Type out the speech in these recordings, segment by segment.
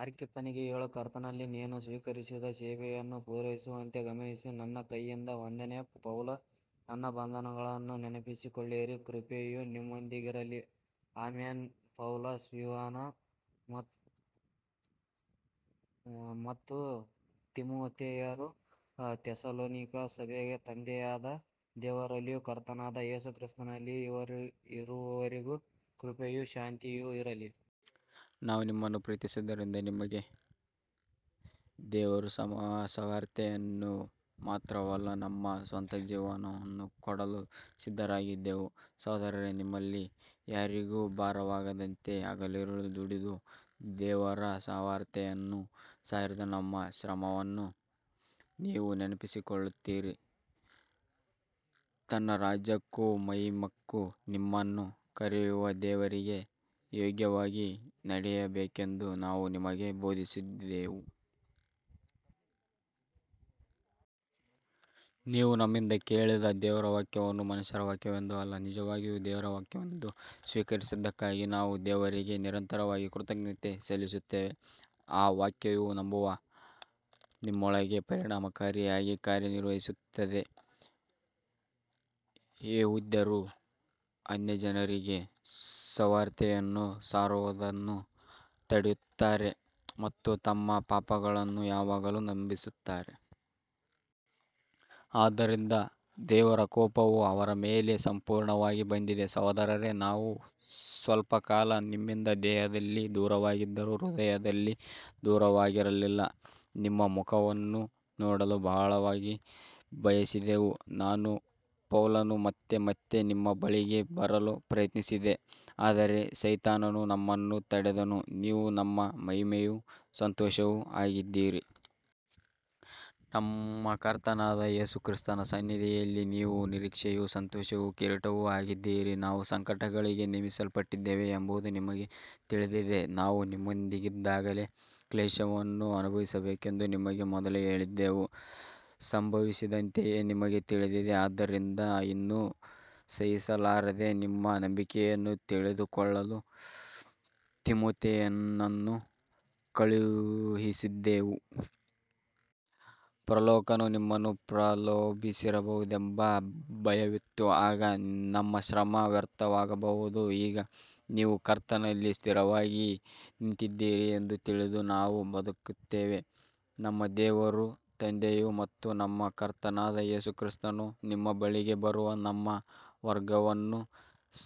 ಆರ್ಕಿಪ್ಪನಿಗೆ ಹೇಳು, ಕರ್ತನಲ್ಲಿ ನೀನು ಸ್ವೀಕರಿಸಿದ ಸೇವೆಯನ್ನು ಪೂರೈಸುವಂತೆ ಗಮನಿಸು. ನನ್ನ ಕೈಯಿಂದ ವಂದನೆ, ಪೌಲ. ನನ್ನ ಬಂಧನಗಳನ್ನು ನೆನಪಿಸಿಕೊಳ್ಳಿರಿ. ಕೃಪೆಯು ನಿಮ್ಮೊಂದಿಗಿರಲಿ. ಆಮೆನ್. ಪೌಲ, ಸಿಲ್ವಾನ ಮತ್ತು ತಿಮೊಥೆಯರು ಥೆಸಲೋನಿಕದ ಸಭೆಗೆ, ತಂದೆಯಾದ ದೇವರಲ್ಲಿಯೂ ಕರ್ತನಾದ ಯೇಸು ಕ್ರಿಸ್ತನಲ್ಲಿಯೂ ಇರುವವರಿಗೆ, ಕೃಪೆಯೂ ಶಾಂತಿಯೂ ಇರಲಿ. ನಾವು ನಿಮ್ಮನ್ನು ಪ್ರೀತಿಸಿದ್ದರಿಂದ ನಿಮಗೆ ದೇವರ ಸುವಾರ್ತೆಯನ್ನು ಮಾತ್ರವಲ್ಲ, ನಮ್ಮ ಸ್ವಂತ ಜೀವವನ್ನೂ ಕೊಡಲು ಸಿದ್ಧರಾಗಿದ್ದೆವು. ಸಹೋದರರೇ, ನಿಮ್ಮಲ್ಲಿ ಯಾರಿಗೂ ಭಾರವಾಗದಂತೆ ಹಗಲಿರುಳು ದುಡಿದು ದೇವರ ಸುವಾರ್ತೆಯನ್ನು ಸಾರಿದ ನಮ್ಮ ಶ್ರಮವನ್ನು ನೀವು ನೆನಪಿಸಿಕೊಳ್ಳುತ್ತೀರಿ. ತನ್ನ ರಾಜ್ಯಕ್ಕೂ ಮಹಿಮಕ್ಕೂ ನಿಮ್ಮನ್ನು ಕರೆಯುವ ದೇವರಿಗೆ ಯೋಗ್ಯವಾಗಿ ನಡೆಯಬೇಕೆಂದು ನಾವು ನಿಮಗೆ ಬೋಧಿಸಿದೆವು. ನೀವು ನಮ್ಮಿಂದ ಕೇಳಿದ ದೇವರ ವಾಕ್ಯವನ್ನು ಮನುಷ್ಯರ ವಾಕ್ಯವೆಂದು ಅಲ್ಲ, ನಿಜವಾಗಿಯೂ ದೇವರ ವಾಕ್ಯವೆಂದು ಸ್ವೀಕರಿಸಿದ್ದಕ್ಕಾಗಿ ನಾವು ದೇವರಿಗೆ ನಿರಂತರವಾಗಿ ಕೃತಜ್ಞತೆ ಸಲ್ಲಿಸುತ್ತೇವೆ. ಆ ವಾಕ್ಯವು ನಂಬುವ ನಿಮ್ಮೊಳಗೆ ಪರಿಣಾಮಕಾರಿಯಾಗಿ ಕಾರ್ಯನಿರ್ವಹಿಸುತ್ತದೆ. ಯೆಹೂದ್ಯರು ಅನ್ಯಜನರಿಗೆ ಸುವಾರ್ತೆಯನ್ನು ಸಾರುವುದನ್ನು ತಡೆಯುತ್ತಾರೆ ಮತ್ತು ತಮ್ಮ ಪಾಪಗಳನ್ನು ಯಾವಾಗಲೂ ತುಂಬಿಸುತ್ತಾರೆ. ಆದ್ದರಿಂದ ದೇವರ ಕೋಪವು ಅವರ ಮೇಲೆ ಸಂಪೂರ್ಣವಾಗಿ ಬಂದಿದೆ. ಸಹೋದರರೇ, ನಾವು ಸ್ವಲ್ಪಕಾಲ ನಿಮ್ಮಿಂದ ದೇಹದಲ್ಲಿ ದೂರವಾಗಿದ್ದರೂ ಹೃದಯದಲ್ಲಿ ದೂರವಾಗಿರಲಿಲ್ಲ. ನಿಮ್ಮ ಮುಖವನ್ನು ನೋಡಲು ಬಹಳವಾಗಿ ಬಯಸಿದೆವು. ನಾನು ಪೌಲನು ಮತ್ತೆ ಮತ್ತೆ ನಿಮ್ಮ ಬಳಿಗೆ ಬರಲು ಪ್ರಯತ್ನಿಸಿದೆ, ಆದರೆ ಸೈತಾನನು ನಮ್ಮನ್ನು ತಡೆದನು. ನೀವು ನಮ್ಮ ಮಹಿಮೆಯೂ ಸಂತೋಷವೂ ಆಗಿದ್ದೀರಿ. ನಮ್ಮ ಕರ್ತನಾದ ಯೇಸು ಕ್ರಿಸ್ತನ ಸನ್ನಿಧಿಯಲ್ಲಿ ನೀವು ನಮ್ಮ ನಿರೀಕ್ಷೆಯೂ ಸಂತೋಷವೂ ಕಿರೀಟವೂ ಆಗಿದ್ದೀರಿ. ನಾವು ಸಂಕಟಗಳಿಗೆ ನೇಮಿಸಲ್ಪಟ್ಟಿದ್ದೇವೆ ಎಂಬುದು ನಿಮಗೆ ತಿಳಿದಿದೆ. ನಾವು ನಿಮ್ಮೊಂದಿಗಿದ್ದಾಗಲೇ ಕ್ಲೇಶವನ್ನು ಅನುಭವಿಸಬೇಕೆಂದು ನಿಮಗೆ ಮೊದಲೇ ಹೇಳಿದ್ದೆವು, ಅದು ಸಂಭವಿಸಿದಂತೆಯೇ ನಿಮಗೆ ತಿಳಿದಿದೆ. ಆದ್ದರಿಂದ ಇನ್ನು ಸಹಿಸಲಾರದೆ ನಿಮ್ಮ ನಂಬಿಕೆಯನ್ನು ತಿಳಿದುಕೊಳ್ಳಲು ತಿಮೊಥೆಯನನ್ನು ಕಳುಹಿಸಿದೆವು. ಪ್ರಲೋಭಕನು ನಿಮ್ಮನ್ನು ಪ್ರಲೋಭಿಸಿರಬಹುದೆಂಬ ಭಯವಿತ್ತು, ಆಗ ನಮ್ಮ ಶ್ರಮ ವ್ಯರ್ಥವಾಗಬಹುದು. ಈಗ ನೀವು ಕರ್ತನಲ್ಲಿ ಸ್ಥಿರವಾಗಿ ನಿಂತಿದ್ದೀರಿ ಎಂದು ತಿಳಿದು ನಾವು ಬದುಕುತ್ತೇವೆ. ನಮ್ಮ ದೇವರೂ ತಂದೆಯೂ ಮತ್ತು ನಮ್ಮ ಕರ್ತನಾದ ಯೇಸು ಕ್ರಿಸ್ತನೂ ನಿಮ್ಮ ಬಳಿಗೆ ಬರುವ ನಮ್ಮ ಮಾರ್ಗವನ್ನು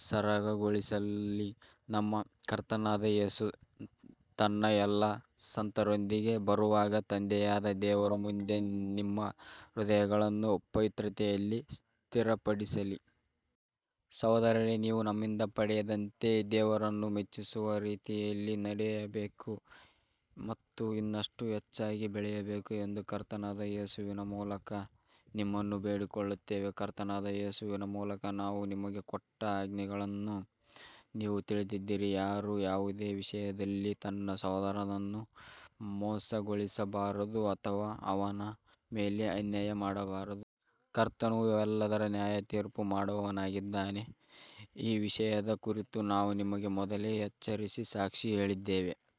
ಸರಾಗಗೊಳಿಸಲಿ. ನಮ್ಮ ಕರ್ತನಾದ ಯೇಸು ತನ್ನ ಎಲ್ಲಾ ಸಂತರೊಂದಿಗೆ ಬರುವಾಗ, ತಂದೆಯಾದ ದೇವರ ಮುಂದೆ ನಿಮ್ಮ ಹೃದಯಗಳನ್ನು ಪವಿತ್ರತೆಯಲ್ಲಿ ಸ್ಥಿರಪಡಿಸಲಿ. ಸಹೋದರರೇ, ನೀವು ನಮ್ಮಿಂದ ಪಡೆದಂತೆ ದೇವರನ್ನು ಮೆಚ್ಚಿಸುವ ರೀತಿಯಲ್ಲಿ ನಡೆಯಬೇಕು ಮತ್ತು ಇನ್ನಷ್ಟು ಹೆಚ್ಚಾಗಿ ಬೆಳೆಯಬೇಕು ಎಂದು ಕರ್ತನಾದ ಯೇಸುವಿನ ಮೂಲಕ ನಿಮ್ಮನ್ನು ಬೇಡಿಕೊಳ್ಳುತ್ತೇವೆ. ಕರ್ತನಾದ ಯೇಸುವಿನ ಮೂಲಕ ನಾವು ನಿಮಗೆ ಕೊಟ್ಟ ಆಜ್ಞೆಗಳನ್ನು ನೀವು ತಿಳಿದಿದ್ದೀರಿ. ಯಾರೂ ಯಾವುದೇ ವಿಷಯದಲ್ಲಿ ತನ್ನ ಸಹೋದರನನ್ನು ಮೋಸಗೊಳಿಸಬಾರದು ಅಥವಾ ಅವನ ಮೇಲೆ ಅನ್ಯಾಯ ಮಾಡಬಾರದು. ಕರ್ತನು ಇವೆಲ್ಲದರ ನ್ಯಾಯತೀರ್ಪು ಮಾಡುವವನಾಗಿದ್ದಾನೆ. ಈ ವಿಷಯದ ಕುರಿತು ನಾವು ನಿಮಗೆ ಮೊದಲೇ ಎಚ್ಚರಿಸಿ ಸಾಕ್ಷಿ ಹೇಳಿದ್ದೇವೆ.